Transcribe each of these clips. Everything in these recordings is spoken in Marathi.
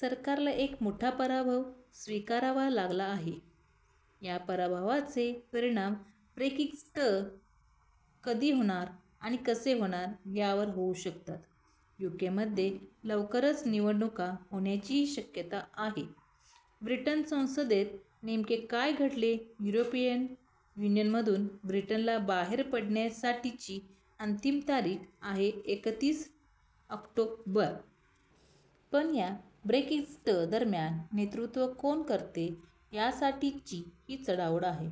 सरकारला एक मोठा पराभव स्वीकारावा लागला आहे. या पराभवाचे परिणाम ब्रेक्झिट कधी होणार आणि कसे होणार यावर होऊ शकतात. युकेमध्ये लवकरच निवडणुका होण्याचीही शक्यता आहे. ब्रिटिश संसदेत नेमके काय घडले? युरोपियन युनियनमधून ब्रिटनला बाहेर पडण्यासाठीची अंतिम तारीख आहे एकतीस ऑक्टोबर. पण या ब्रेक्झिट दरम्यान नेतृत्व कोण करते यासाठीची ही चढाओढ आहे.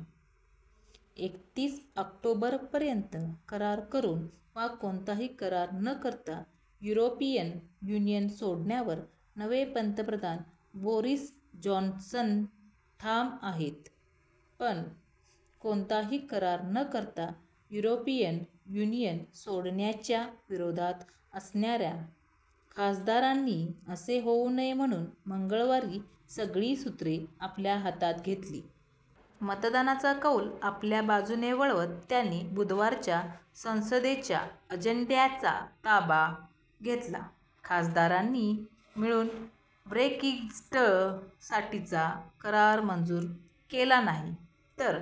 एकतीस ऑक्टोबरपर्यंत करार करून वा कोणताही करार न करता युरोपियन युनियन सोडण्यावर नवे पंतप्रधान बोरिस जॉन्सन ठाम आहेत. पण कोणताही करार न करता युरोपियन युनियन सोडण्याच्या विरोधात असणाऱ्या खासदारांनी असे होऊ नये म्हणून मंगळवारी सगळी सूत्रे आपल्या हातात घेतली. मतदानाचा कौल आपल्या बाजूने वळवत त्यांनी बुधवारच्या संसदेच्या अजेंड्याचा ताबा घेतला. खासदारांनी मिळून ब्रेक्झिटसाठीचा करार मंजूर केला नाही तर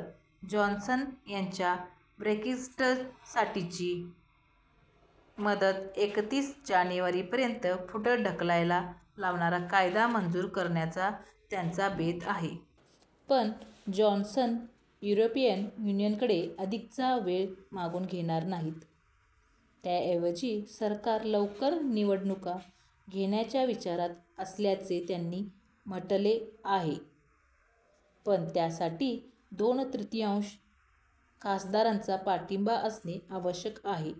जॉन्सन यांना ब्रेक्झिटसाठीची मुदत एकतीस जानेवारीपर्यंत पुढे ढकलायला लावणारा कायदा मंजूर करण्याचा त्यांचा बेत आहे. पण जॉन्सन युरोपियन युनियनकडे अधिकचा वेळ मागून घेणार नाहीत. त्याऐवजी सरकार लवकर निवडणुका घेण्याच्या विचारात असल्याचे त्यांनी म्हटले आहे. पण त्यासाठी दोन तृतीयांश खासदारांचा पाठिंबा असणे आवश्यक आहे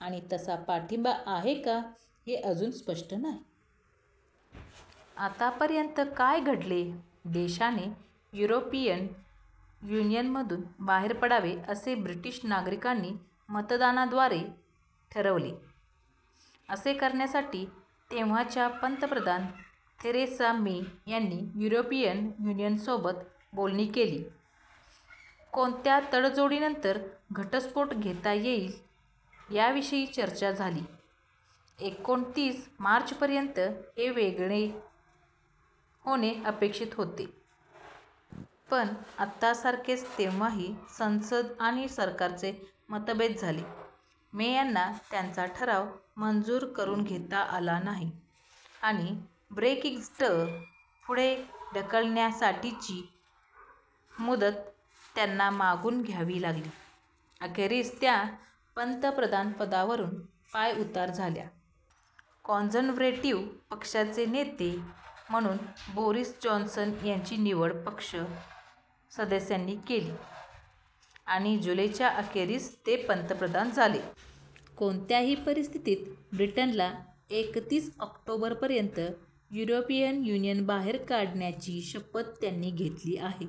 आणि तसा पाठिंबा आहे का, हे अजून स्पष्ट नाही. आतापर्यंत काय घडले? देशाने युरोपियन युनियनमधून बाहेर पडावे असे ब्रिटिश नागरिकांनी मतदानाद्वारे ठरवले. असे करण्यासाठी तेव्हाच्या पंतप्रधान थेरेसा मे यांनी युरोपियन युनियनसोबत बोलणी केली. कोणत्या तडजोडींनंतर 'घटस्फोट' घेता येईल याविषयी चर्चा झाली. एकोणतीस मार्चपर्यंत हे वेगळे होणे अपेक्षित होते. पण आतासारखेच तेव्हाही संसद आणि सरकारचे मतभेद झाले. मे यांना त्यांचा ठराव मंजूर करून घेता आला नाही आणि ब्रेक्झिट पुढे ढकलण्यासाठीची मुदत त्यांना मागून घ्यावी लागली. अखेरीस त्या पंतप्रधानपदावरून पायउतार झाल्या. कॉन्झर्व्हेटिव्ह पक्षाचे नेते म्हणून बोरिस जॉन्सन यांची निवड पक्ष सदस्यांनी केली आणि जुलैच्या अखेरीस ते पंतप्रधान झाले. कोणत्याही परिस्थितीत ब्रिटनला एकतीस ऑक्टोबरपर्यंत युरोपियन युनियन बाहेर काढण्याची शपथ त्यांनी घेतली आहे.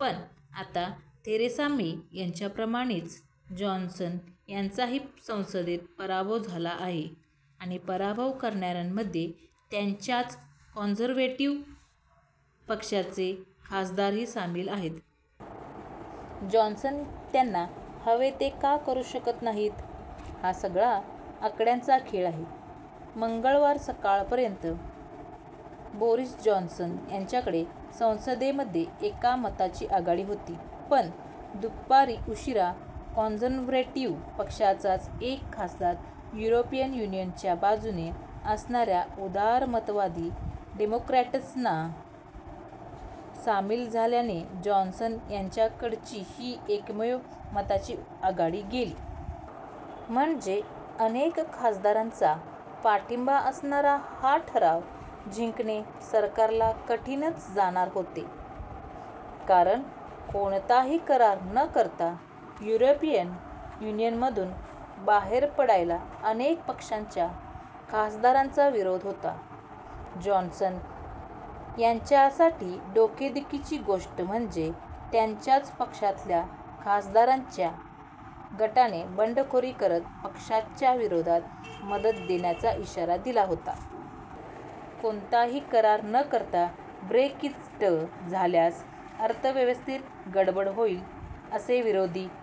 पण आता थेरेसा मे यांच्याप्रमाणेच जॉन्सन यांचाही संसदेत पराभव झाला आहे. आणि पराभव करणाऱ्यांमध्ये त्यांच्याच कॉन्झर्व्हेटिव्ह पक्षाचे खासदारही सामील आहेत. जॉन्सन त्यांना हवे ते का करू शकत नाहीत? हा सगळा आकड्यांचा खेळ आहे. मंगळवार सकाळपर्यंत बोरिस जॉन्सन यांच्याकडे संसदेमध्ये एका मताची आघाडी होती. पण दुपारी उशिरा कॉन्झर्व्हेटिव्ह पक्षाचाच एक खासदार युरोपियन युनियनच्या बाजूने असणाऱ्या उदारमतवादी डेमोक्रॅट्सना सामील झाल्याने जॉन्सन यांच्याकडची ही एकमेव मताची आघाडी गेली. म्हणजे अनेक खासदारांचा पाठिंबा असणारा हा ठराव जिंकणे सरकारला कठीणच जाणार होते. कारण कोणताही करार न करता युरोपियन युनियनमधून बाहेर पडायला अनेक पक्षांच्या खासदारांचा विरोध होता. जॉन्सन यांच्यासाठी डोकेदुखीची गोष्ट म्हणजे त्यांच्याच पक्षातल्या खासदारांच्या गटाने बंडखोरी करत पक्षाच्या विरोधात मत देण्याचा इशारा दिला होता. कोणताही करार न करता ब्रेक्झिट झाल्यास अर्थव्यवस्थेत गडबड होईल असे विरोधी